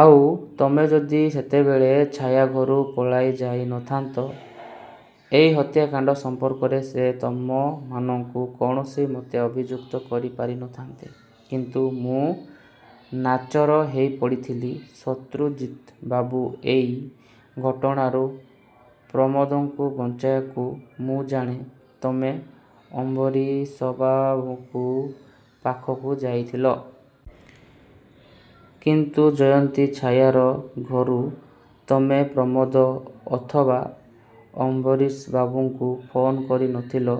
ଆଉ ତମେ ଯଦି ସେତେବଳେ ଛାୟାଘରୁ ପଳାଇ ଯାଇ ନ ଥାନ୍ତ ଏଇ ହତ୍ୟାକଣ୍ତ ସଂପର୍କରେ ସେ ତମମାନଙ୍କୁ କୌଣସି ମତେ ଅଭିଯୁକ୍ତ କରିପାରି ନ ଥାନ୍ତେ। ' 'କିନ୍ତୁ ମୁଁ ନାଚର ହେଇପଡ଼ିଥିଲି ଶତ୍ରୁଜିତ ବାବୁ! ଏଇ ଘଟଣାରୁ ପ୍ରମୋଦଙ୍କୁ ବଞ୍ଚାଇବାକୁ ମୁଁ 'ଜାଣେ, ତମେ ଅମ୍ବରୀଶବାବୁଙ୍କ ପାଖକୁ ଯାଇଥିଳ। କିନ୍ତୁ ଜୟନ୍ତୀ, ଛାୟାର ଘରୁ ତମେ ପ୍ରମୋଦ ଅଥବା ଅମ୍ବରୀଶବାବୁଙ୍କୁ ଫୋନ କରି ନଥିଲ।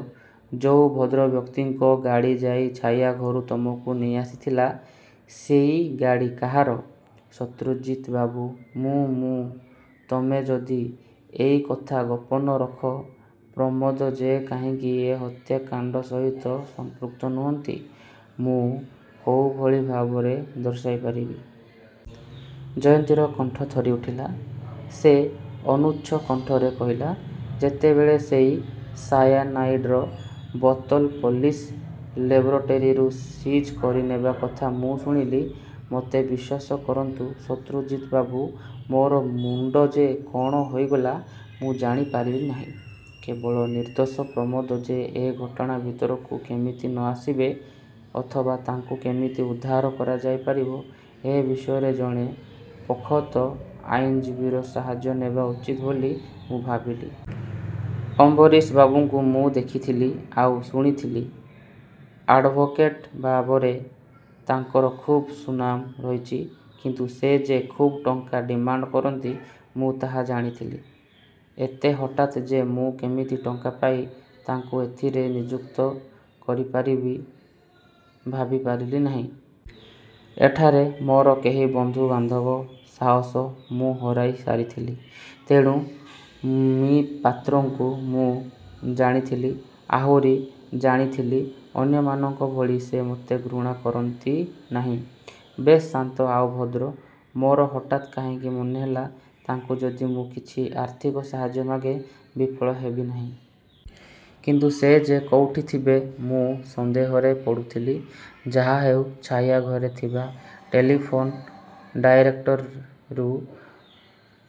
ଯୋଉ ଭଦ୍ରବ୍ୟକ୍ତିଙ୍କ ଗାଡ଼ି ଯାଇ ଛାୟା ଘରୁ ତମକୁ ନେଇଆସିଥିଲା ସେଇ ଗାଡ଼ି କାହାର? ' 'ଶତ୍ରୁଜିତବାବୁ! ମୁଁ ମୁଁ ତମେ ଯଦି ଏଇ କଥା ଗୋପନ ରଖ, ପ୍ରମୋଦ ଯେ କାହିଁକି ଏ ହତ୍ୟାକାଣ୍ଡ ସହିତ ସମ୍ପୃକ୍ତ ନୁହନ୍ତି, ମୁଁ କୋଉଭଳି ଭାବରେ ଦର୍ଶାଇପାରିବି? ଜୟନ୍ତୀର କଣ୍ଠ ଥରିଉଠିଲା। ସେ ଅନୁଚ୍ଚ କଣ୍ଠରେ କହିଲା, 'ଯେତେବେଳେ ସେଇ ସାୟାନାଇଡ଼୍ର ବୋତଲ ପୋଲିସ ଲେବୋରେଟରୀରୁ ସିଜ କରିନେବା କଥା ମୁଁ ଶୁଣିଲି ମୋତେ ବିଶ୍ୱାସ କରନ୍ତୁ ଶତ୍ରୁଜିତ ବାବୁ ମୋର ମୁଣ୍ତ ଯେ କ'ଣ ହୋଇଗଲା ମୁଁ ଜାଣିପାରିଲି ନାହିଁ। କେବଳ ନିର୍ଦ୍ଦୋଷ ପ୍ରମୋଦ ଯେ ଏ ଘଟଣା ଭିତରକୁ କେମିତି ନ ଆସିବେ, ଅଥବା ତାଙ୍କୁ କେମିତି ଉଦ୍ଧାର କରାଯାଇପାରିବ ଏ ବିଷୟରେ ଜଣେ ପୋଖତ ଆଇନଜୀବୀର ସାହାଯ୍ୟ ନେବା ଉଚିତ ବୋଲି ମୁଁ ଭାବିଲି। ଅମ୍ବରୀଶବାବୁଙ୍କୁ ମୁଁ ଦେଖିଥିଲି। ଆଉ ଶୁଣିଥିଲି, ଆଡ଼୍ଭୋକେଟ ଭାବରେ ତାଙ୍କର ଖୁବ୍ ସୁନାମ ରହିଛି। କିନ୍ତୁ ସେ ଯେ ଖୁବ୍ ଟଙ୍କା ଡିମାଣ୍ତ କରନ୍ତି ମୁଁ ତାହା ଜାଣିଥିଲି। ଏତେ ହଠାତ୍ ଯେ ମୁଁ କେମିତି ଟଙ୍କା ପାଇ ତାଙ୍କୁ ଏଥିରେ ନିଯୁକ୍ତ କରିପାରିବ ଭାବିପାରିଲି ନାହିଁ। ଏଠାରେ ମୋର କେହି ବନ୍ଧୁ ବାନ୍ଧବ ସାହସ ମୁଁ ହରାଇ ସାରିଥିଲି। ' 'ତେଣୁ' 'ମି: ପାତ୍ରଙ୍କୁ ମୁଁ ଜାଣିଥିଲି। ଆହୁରି ଜାଣିଥିଲି, ଅନ୍ୟମାନଙ୍କ ଭଳି ସେ ମୋତେ ଘୃଣା କରନ୍ତି ନାହିଁ। ବେଶ୍ ଶାନ୍ତ ଆଉ ଭଦ୍ର। ମୋର ହଠାତ୍ କାହିଁକି ମନେ ହେଲା, ତାଙ୍କୁ ଯଦି ମୁଁ କିଛି ଆର୍ଥିକ ସାହାଯ୍ୟ ମାଗେ, ବିଫଳ ହେବି ନାହିଁ। କିନ୍ତୁ ସେ ଯେ କୋଉଠି ଥିବେ ମୁଁ ସନ୍ଦେହରେ ପଡ଼ୁଥିଲି। ଯାହାହେଉ ଛାୟା ଘରେ ଥିବା ଟେଲିଫୋନ ଡାଇରେକ୍ଟରିରୁ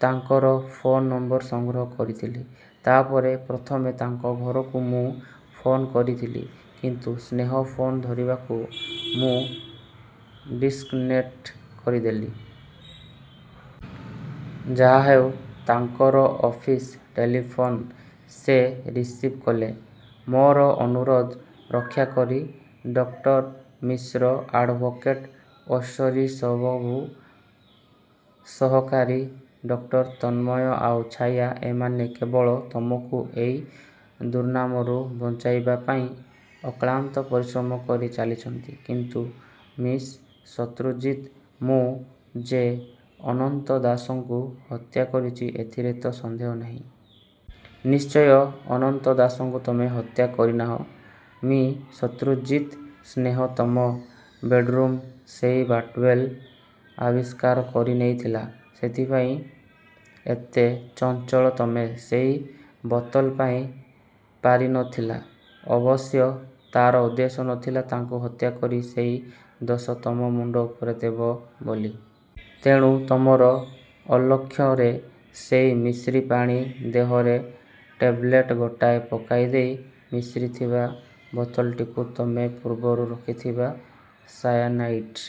ତାଙ୍କର ଫୋନ୍ ନମ୍ବର ସଂଗ୍ରହ କରିଥିଲି। ' 'ତା ପରେ? ' 'ପ୍ରଥମେ ତାଙ୍କ ଘରକୁ ମୁଁ ଫୋନ୍ କରିଥିଲି। କିନ୍ତୁ ସ୍ନେହ ଫୋନ୍ ଧରିବାକୁ ମୁଁ ଡିସକନେକ୍ଟ କରିଦେଲି। ଯାହାହେଉ ତାଙ୍କର ଅଫିସ ଟେଲିଫୋନ ସେ ରିସିଭ୍ କଲେ। ମୋର ଅନୁରୋଧ ରକ୍ଷା କରି। ଡ: ମିଶ୍ର ଆଡ଼୍ଭୋକେଟ ଅଶ୍ୱରୀଶବାବୁ, ସହକାରୀ ଡ:ତନ୍ମୟ ଆଉ ଛାୟା–ଏମାନେ କେବଳ ତମକୁ ଏଇ ଦୁର୍ନାମରୁ ବଞ୍ଚାଇବାପାଇଁ ଅକ୍ଲାନ୍ତ ପରିଶ୍ରମ କରି ଚାଲିଛନ୍ତି। ' 'କିନ୍ତୁ ମି: ଶତ୍ରୁଜିତ, ମୁଁ ଯେ ଅନନ୍ତ ଦାସଙ୍କକୁ ହତ୍ୟା କରିଛି ଏଥିରେ ତ ସନ୍ଦେହ ନାହିଁ। 'ନିଶ୍ଚୟ, ଅନନ୍ତ ଦାସଙ୍କୁ ତମେ ହତ୍ୟା କରିନାହଁ'। 'ମି: ଶତ୍ରୁଜିତ! ' 'ସ୍ନେହ ତମ ବେଡ଼୍ରୁମ୍ରୁ ସେଇ ଟାବଲେଟ୍ ଆବିଷ୍କାର କରିନେଇଥିଲା। ସେଇଥିପାଇଁ ଏତେ ଚଞ୍ଚଳ ତମେ ସେଇ ବୋତଲ ପାଇ ପାରି ନ ଥିଲ। ଅବଶ୍ୟ ତାର ଉଦ୍ଦେଶ୍ୟ ନ ଥିଲା ତାଙ୍କୁ ହତ୍ୟା କରି ସେଇ ଦୋଷ ତମ ମୁଣ୍ତ ଉପରେ ଦେବ ବୋଲି। ତେଣୁ ତମର ଅଲକ୍ଷ୍ୟରେ ସେଇ ମିଶ୍ରିପାଣି ଦେହରେ ଟେବଲେଟ୍ ଗୋଟାଏ ପକାଇଦେଇ ମିଶ୍ରି ଥିବା ବୋତଲଟିକୁ ତମେ ପୂର୍ବରୁ ରଖିଥିବା ସାୟାନାଇଡ଼୍